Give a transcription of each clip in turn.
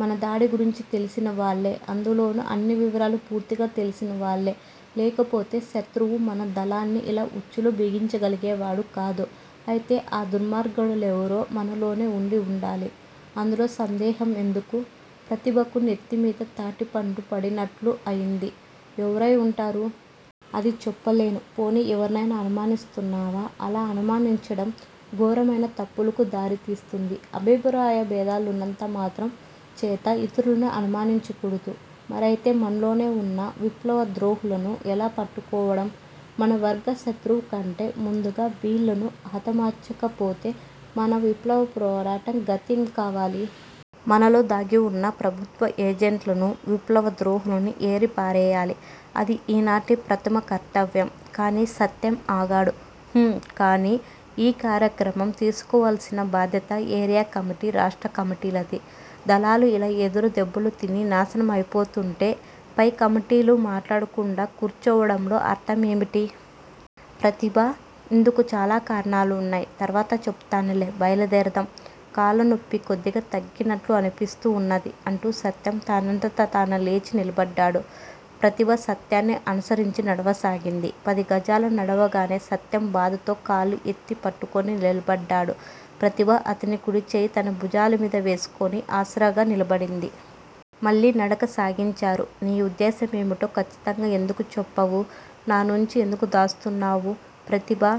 మన దాడి గురించి తెలిసినవాళ్లే. అందులోనూ, అన్ని వివరాలూ పూర్తిగా తెలిసిన వాళ్ళే! లేకపోతే శత్రువు మన దళాన్ని ఇలా ఉచ్చులో బిగించగలిగేవాడు కాదు. అయితే ఆ దుర్మార్గులెవరో మనలోనే ఉండి ఉండాలి. అందులో సందేహం ఎందుకూ? ప్రతిభకు నెత్తిమీద తాటిపండు పడినట్లు అయింది. ఎవరై ఉంటారు? అది చెప్పలేను. పోనీ ఎవర్నయినా అనుమానిస్తున్నావా? అలా అనుమానించడం ఘోరమైన తప్పులుకు దారి తీస్తుంది. అభిప్రాయభేదాలున్నంత మాత్రం చేత ఇతరులను అనుమానించకూడదు. మరయితే మనలోనే వున్న విప్లవద్రోహులను ఎలా పట్టుకోవడం? మన వర్గ శత్రువు కంటే ముందుగా వీళ్ళను హతమార్చకపోతే మన విప్లవపోరాటం గతేం కావాలి? మనలో దాగివున్న ప్రభుత్వ ఏజెంట్లనూ, విప్లవద్రోహులనూ ఏరి పారెయ్యాలి. అది ఈనాటి ప్రథమ కర్తవ్యం! కాని సత్యం ఆగాడు. ఊఁ కానీ? ఈ కార్యక్రమం తీసుకోవాల్సిన బాధ్యత ఏరియా కమిటీ, రాష్ట్ర కమిటీలది! దళాలు ఇలా ఎదురు దెబ్బలు తిని నాశనం అయిపోతుంటే, పై కమిటీలు మాట్లాడకుండా కూర్చోవడంలో అర్థం ఏమిటి? ప్రతిభా! ఇందుకు చాలా కారణాలు వున్నాయి. తర్వాత చెప్తానులే. బయలుదేరదాం! కాలునొప్పి కొద్దిగా తగ్గినట్టు అనిపిస్తూ ఉన్నది! అంటూ సత్యం తనంతట తాను లేచి నిలబడ్డాడు. ప్రతిభ సత్యాన్ని అనుసరించి నడవసాగింది. పది గజాలు నడవగానే సత్యం బాధతో కాలు ఎత్తి పట్టుకొని నిలబడ్డాడు. ప్రతిభ అతని కుడిచెయ్యి తన భుజంమీద వేసుకొని ఆసరాగా నిలబడింది. మళ్ళీ నడక సాగించారు. నీ ఉద్దేశ్యం ఏమిటో ఖచ్చితంగా ఎందుకు చెప్పవు? నా నుంచి ఎందుకు దాస్తున్నావు? ప్రతిభా!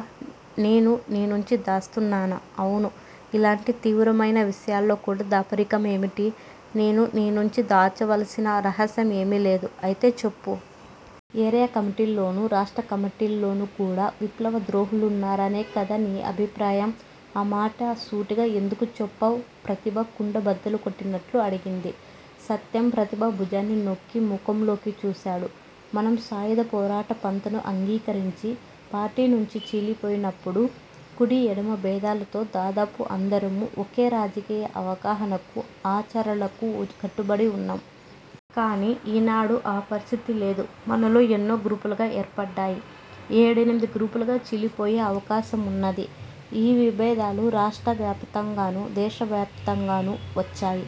నేను నీ నుంచి దాస్తున్నానా? అవును! ఇలాంటి తీవ్రమైన విషయాల్లో కూడా దాపరికం ఏమిటి? నేను నీ నుంచి దాచవలసిన రహస్యం ఏమీలేదు. అయితే చెప్పు! ఏరియా కమిటీలోనూ, రాష్ట్ర కమిటీల్లోనూ కూడా విప్లవ ద్రోహులున్నారనే కదా నీ అభిప్రాయం? ఆ మాట సూటిగా ఎందుకు చెప్పవ్? ప్రతిభ కుండ బద్దలుకొట్టినట్టు అడిగింది. సత్యం ప్రతిభ భుజాన్ని నొక్కి ముఖంలోకి చూశాడు. మనం సాయుధ పోరాట పంథను అంగీకరించి పార్టీనుంచి చీలిపోయినప్పుడు, కుడి ఎడమ బేధాలతో దాదాపు అందరమూ, ఒకే రాజకీయ అవగాహనకూ, ఆచరలకు కట్టుబడి వున్నాం. కాని ఈనాడు ఆ పరిస్థితి లేదు. మనలో ఎన్నో గ్రూపులుగ ఏర్పడ్డాయి. ఏడెనిమిది గ్రూపులుగా చీలిపోయే అవకాశం ఉన్నది. ఈ విభేదాలు రాష్ట్ర వ్యాపితంగానూ, దేశవ్యాపితంగానూ వచ్చాయి.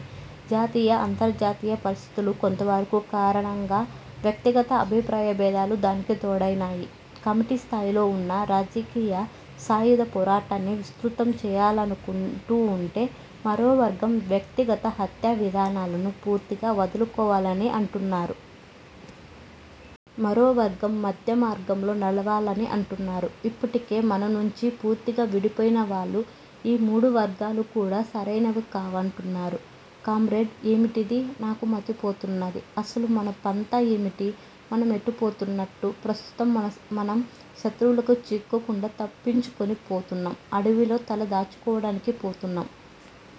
జాతీయ, అంతర్జాతీయ పరిస్థితులు కొంతవరకు కారణంగా, వ్యక్తిగత అభిప్రాయ భేదాలు దానికి తోడయినాయి. కమిటీ స్థాయిలో ఉన్న రాజకీయ సాయుధ పోరాటాన్ని విస్తృతం చేయాలనుకుంటూ వుంటే, మరోవర్గం వ్యక్తిగత హత్యా విధానాలను పూర్తిగా వదులుకోవాలని అంటున్నారు. మరోవర్గం మధ్య మార్గంలో నడవాలని అంటున్నారు. ఇప్పటికే మననుంచి పూర్తిగా విడిపోయినవాళ్ళు ఈ మూడు వర్గాలు కూడా సరైనవి కావంటున్నారు. కామ్రేడ్! ఏమిటిది? నాకు మతిపోతున్నది. అసలు మన పంథా ఏమిటి? మనం ఎటు పోతున్నట్టు? ప్రస్తుతం మనం శత్రువుకు చిక్కకుండా తప్పించుకుని పోతున్నాం. అడవిలో తల దాచుకోవడానికి పోతున్నాం!